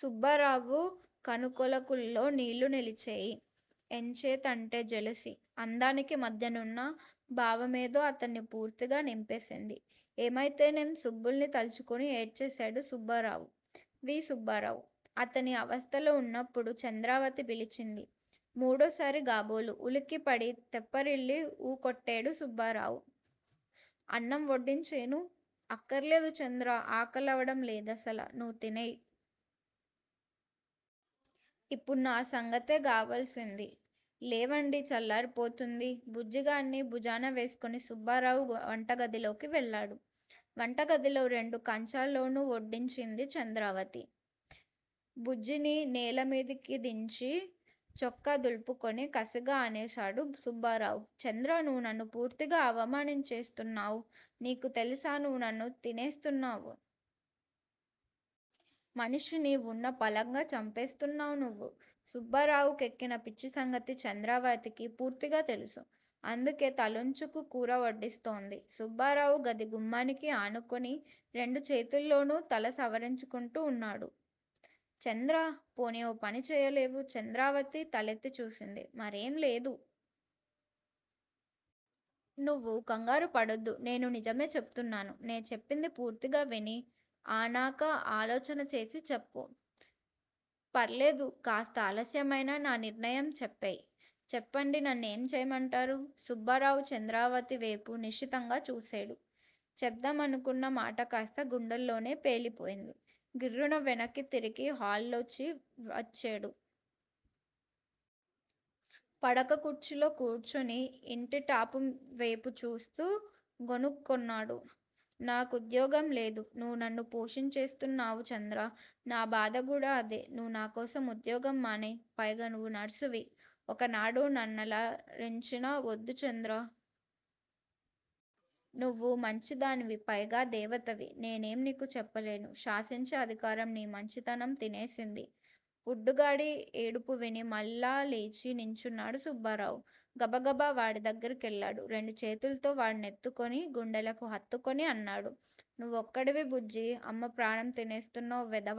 సుబ్బారావు కనుకొలకుల్లో నీళ్ళునిలిచేయి! ఎంచేతంటే జెలసీ, అందానికి మధ్యనున్న భా వేమేదో అతన్ని పూర్తిగా నింపేసింది. ఏమైతేనేం సుబ్బుల్ని తలుచుకుని ఏడ్చేసేడు సుబ్బారావు, వి. సుబ్బారావు. అతనీ అవస్థలో ఉన్నప్పుడు చంద్రావతి పిలిచింది. మూడోసారిగాబోలు ఉలిక్కిపడి, తెప్పరిల్లి వూకొట్టేడు సుబ్బారావు. అన్నం వొడ్డించేను. అఖ్ఖర్లేదు, చంద్రా! ఆకలవడంలేదసల నువ్వు తినేయ్. ఇప్పుడు నా సంగతేగావల్సొంది. లేవండి చల్లారి పోతుంది. బుజ్జిగాడ్ని భూజానవేసుకుని సుబ్బారావు వంటగదిలోకి వెళ్ళేడు. వంటగదిలో రెండు కంచాల్లోనూ వొడ్డించింది చంద్రావతి. బుజ్జిని నేలమిదికిందించి, చొక్కా దులుపుకుని కసిగా అనేశాడు సుబ్బారావు. చంద్రా నువ్వు నన్ను పూర్తిగా అవమానించేస్తున్నావ్. నీకు తెలుసా నువ్వు నన్ను తినేస్తున్నావు. మనిషి ని వున్నపళంగా చంపేస్తున్నావ్ నువ్వు. సుబ్బారావు కెక్కిన పిచ్చిసంగతి చంద్రావతికి పూర్తిగా తెలుసు. అందుకే తలొంచుకు కూర వొడ్డిస్తోంది. సుబ్బారావు గది గుమ్మానికి ఆనుకుని రెండు చేతుల్తోనూ తల సవరించుకుంటూ అన్నాడు! చంద్రా! పోనీ ఓపని చేయలేవూ? చంద్రావతి తలెత్తి చూసింది. మరేం లేదు. నువ్వు ఖంగారు పడొద్దు. నేను నిజమే చెప్తున్నాను. నే చెప్పింది పూర్తిగా విని ఆనక ఆలోచన చేసి చెప్పు. ఫర్లేదు కాస్తాలస్యమైనా నా నిర్ణయం చెప్పేయ్. చెప్పండి నన్నేం చేయమంటారు? సుబ్బారావు చంద్రావతి వేపు నిశితంగా చూసేడు. చెప్దామనుకున్న మాటకాస్తా గుండెల్లోనే పేలిపోయింది. గిర్రున వెనక్కి తిరిగి హాల్లోచి వచ్చేడు. పడక కుర్చీలో కూర్చుని యింటి టాపు వేపు చూస్తూ గొణుక్కున్నాడు. నా కుద్యోగం లేదు. నువ్వు నన్ను పోషించేస్తు న్నావు చంద్రా! నా బాధ గూడా అదే. నువ్వు నాకోసం ఉద్యోగం మానేయ్. పైగా నువ్వు నర్సువి. ఒక నాడు నన్నల రించిన వొద్దు చంద్రా! నువ్వు మంచి దానివి పైగా దేవతవి. నేనేం నీకు చెప్పలేను. శాసించే అధికారం నీ మంచి తనం తినేసింది.! బుడ్డుగాడి యేడుపు విని మళ్ళా లేచి నించున్నాడు సుబ్బారావు. గబగబా వాడిదగ్గరికెళ్ళాడు. రెండు చేతులతో వాడి నెత్తుకుని గుండెలకు హత్తుకుని అన్నాడు. నువ్వొకడివి బుజ్జీ! అమ్మప్రాణం తినేస్తున్నావ్ వెధవ!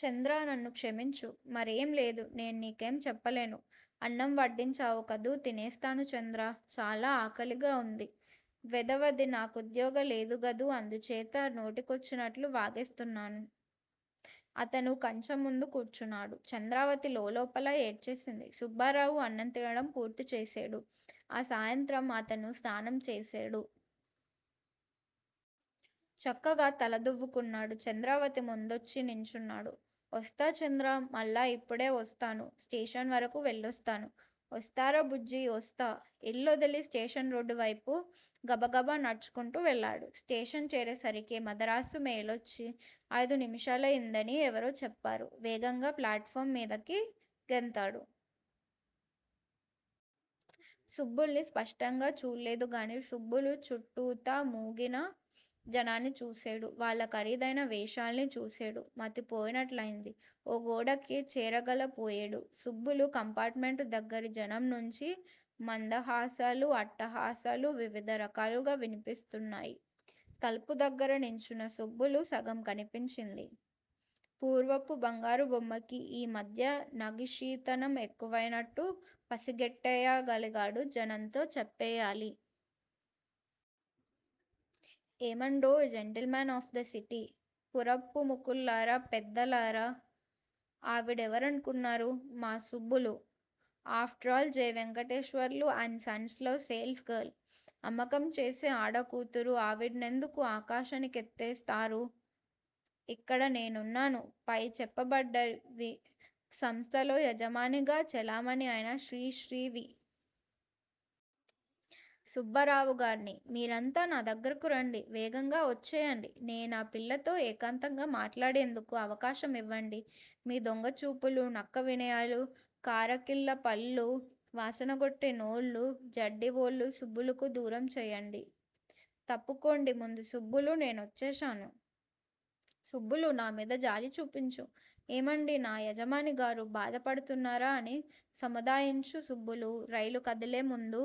చంద్రా నన్ను క్షమించు. మరేంలేదు నేను నీకేం చెప్పలేను. అన్నం వడ్డించావుకదూ, తినేస్తాను చంద్రా. చాలా ఆకలిగావుంది. వెధవది నాకుఉద్యోగ లేదుగదూ అందుచేత నోటికొచ్చినట్లు వాగేస్తున్నాను. అతను కంచంముందు కూర్చున్నాడు, చంద్రావతి లోలోపల ఏడ్చేసింది. సుబ్బారావు అన్నంతినడం పూర్తి చేసేడు. ఆ సాయంత్రం అతను స్నానంచేసేడు. చక్కగా తల దువ్వుకున్నాడు చంద్రావతిముందొచ్చి నించున్నాడు. వొస్తా చంద్రా! మళ్ళా యిప్పుడే వొస్తాను. స్టేషన్ వరకూ వెళ్ళొస్తాను. వొస్తారా బుజ్జీ! వొస్తా. ఇల్లొదిలి స్టేషనురోడ్డువైపు గబగబా నడుచుకుంటూ వెళ్ళేడు. స్టేషను చేరేసరికి మదరాసు మెయిలొచ్చి ఆయిదు నిమిషాలయిందని ఎవరో చెప్పేరు. వేగంగా ప్లాటుఫారం మిదికి గెంతేడు. సుబ్బుల్ని స్పష్టంగా చూళ్ళేదుగాని సుబ్బులు చుట్టూతా మూగిన జనాన్ని చూసేడు. వాళ్ళ ఖరిదైన వేషాల్ని చూసేడు. మతిపోయినట్లయింది. ఓగోడకి చేరగలపోయేడు. సుబ్బులు కంపార్టుమెంటుదగ్గిర జనంనుంచి మందహాసాలూ, అట్టహాసాలూ వివిథరకాలుగా వినిపిస్తున్నాయి. తలుపుదగ్గిర నుంచున్న సుబ్బులు సగం కనిపించింది. పూర్వపు బంగారుబొమ్మకి యి మధ్య నగిషీతనం ఎక్కువైనట్టు పసిగట్టేయగలిగాడు, జనంతో చప్పేయాలి. ఏమండోయే! జెంటిల్మెన్ ఆఫ్ ది సిటీ పురప్రుముఖుల్లరా! పెద్దలారా! ఆవిడెవరనుకున్నరు? మాసుబ్బులు. After all J. Venkateswarlu and sons లో సేల్స్ గర్ల్. అమ్మకం చేసే ఆడకూతురు ఆవిడ్నెందుకు ఆకాశానికెత్తేస్తారు? ఇక్కడ నేనున్నాను. పై చెప్పబడిన సంస్థలో యజమానిగా చెలామణి అయిన శ్రీ శ్రీ వి. సుబ్బారావుగార్ని. మిరంతా నాదగ్గరకు రండి. వేగంగా వొచ్చేయండి! నేనా. పిల్లతో ఏకాంతంగా మాటాడేందుకు అవకాశమివ్వండి:మి దొంగచూపులూ, నక్కవినయాలూ, కారాకిళ్ళీపళ్ళూ, వాసనగొట్టే నోళ్ళు, జడ్డి వొళ్ళూ సుబ్బులుకి దూరంచేయండి తప్పుకోండిముందు సుబ్బులూ నేనొచ్చేశాను. సుబ్బులూ, నామిద జాలిచూపించు. ఏమండీ! నా యజమానిగారూ! బాధపడుతున్నారా అని సముదాయించు సుబ్బూలూ. రైలు కదిలేముందు